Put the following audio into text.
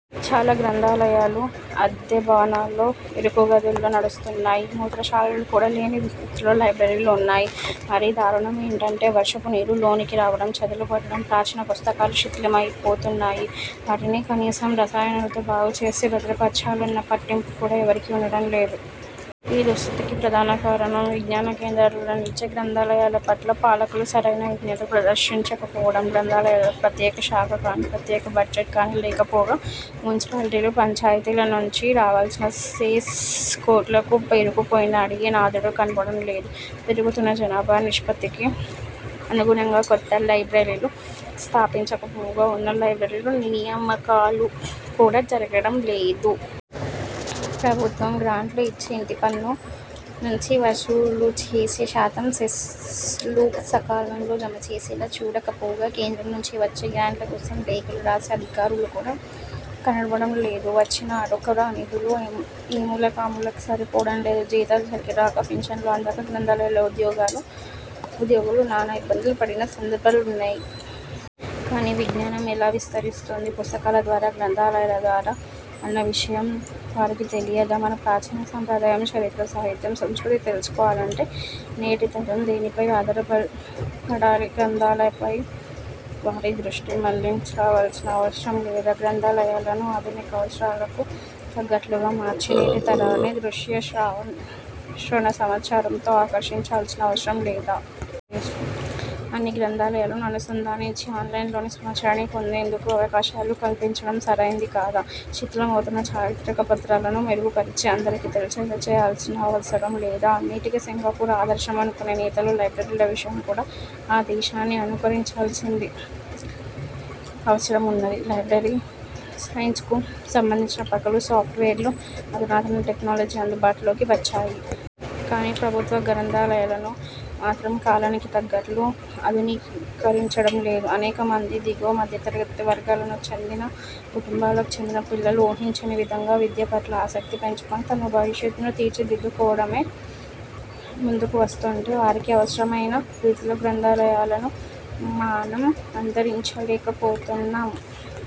చాలా గ్రంథాలయాలు అద్దె భవనాల్లో, ఇరుకు గదుల్లో నడుస్తున్నాయి. మూత్రశాలలు కూడా లేని దుస్థితిలో లైబ్రరీలు ఉన్నాయి. మరీ దారుణమేమంటే వర్షపు నీరు లోనికి రావడం, చెదలు పట్టడంతో ప్రాచీన పుస్తకాలు శిథిలమయి పోతున్నాయి. వాటిని కనీసం రసాయనాలతో బాగు చేసి భద్రపరచాలన్న పట్టింపు కూడా ఎవరికీ ఉండడం లేదు. ఈ దుస్థితికి ప్రధాన కారణం విజ్ఞాన కేంద్రాలుగా నిలిచే గ్రంథాలయాల పట్ల పాలకులు సరైన విజ్ఞత ప్రదర్శించకపోవడం. గ్రంథాలయాలకు ప్రత్యేక శాఖ కానీ, ప్రత్యేక బడ్జెట్ కానీ లేకపోగా, మునిసిపాలిటీలు, పంచాయతీల నుంచి రావల్సిన సెస్ కోట్లకు పేరుకుపోయినా అడిగే నాథుడు కనపడడం లేదు. పెరుగుతున్న జనాభా నిష్పత్తికి అనుగుణంగా కొత్త లైబ్రరీలు స్థాపించకపోగా ఉన్న లైబ్రరీల్లో నియామకాలుకూడా జరగడం లేదు. ప్రభుత్వం గ్రాంట్లు ఇచ్చి, ఇంటిపన్ను నుంచి వసూలు చేసే శాతం సెస్లు సకాలంలో జమచేసేలా చూడకపోగా, కేంద్రం నుంచి వచ్చే గ్రాంట్ల కోసం లేఖలు రాసే అధికారులు కూడా కనపడడం లేదు. వచ్చిన అరకొర నిధులు ఏమూలకుఅమూలకు సరిపోవడం లేదు. జీతాలు సరిగా రాక, పింఛన్లు అందక గ్రంథాలయాల ఉద్యోగులు నానా ఇబ్బందులు పడిన సందర్భాలున్నాయి. కాని విజ్ఞానం ఎలా విస్తరిస్తుంది? పుస్తకాల ద్వారా, గ్రంథాలయాల ద్వారా అన్న విషయం వారికి తెలియదా? మన ప్రాచీన సంప్రదాయం, చరిత్ర, సాహిత్యం, సంస్కృతి తెలుసుకోవాలంటే నేటి తరం దేనిపై ఆధారపడాలి? గ్రంథాలపై వారి దృష్టి మళ్లించాల్సిన అవసరం లేదా? గ్రంథాలయాలను అధునిక అవసరాలకు తగ్గట్లుగా మార్చి నేటి తరాన్ని దృశ్య శ్రవణ సమాచారంతో ఆకర్షించాల్సిన అవసరం లేదా? అన్ని గ్రంథాలయాలను అనుసంధానించి, ఆన్లైన్లోనే సమాచారాన్ని పొందేందుకు అవకాశాలు కల్పించడం సరైంది కాదా? శిథిలమవుతున్న చారిత్రక పత్రాలను మెరుగుపరిచి అందరికీ తెలిసేలా చేయాల్సిన అవసరం లేదా? అన్నిటికీ సింగపూర్ ఆదర్శమనుకునే నేతలు లైబ్రరీల విషయంలో కూడా ఆ దేశాన్ని అనుకరించాల్సింది అవసరం ఉన్నది. లైబ్రరీ సైన్స్కు సంబంధించిన పగలు సాఫ్ట్వేర్లు, అధునాతన టెక్నాలజీ అందుబాటులోకి వచ్చాయి. కాని ప్రభుత్వ గ్రంథాలయాలను మాత్రం కాలానికి తగ్గట్లు ఆధునికీకరించడం లేదు. అనేక మంది దిగువ, మధ్యతరగతి వర్గాలకు చెందిన కుటుంబాలకు చెందిన పిల్లలు ఊహించని విధంగా విద్యపట్ల ఆసక్తి పెంచుకుని తమ భవిష్యత్ను తీర్చిదిద్దుకోవడమే ముందుకు వస్తుంటే వారికి అవసరమైన రీతిలో గ్రంథాలయాలను మనం అందరించలేకపోతున్నాం.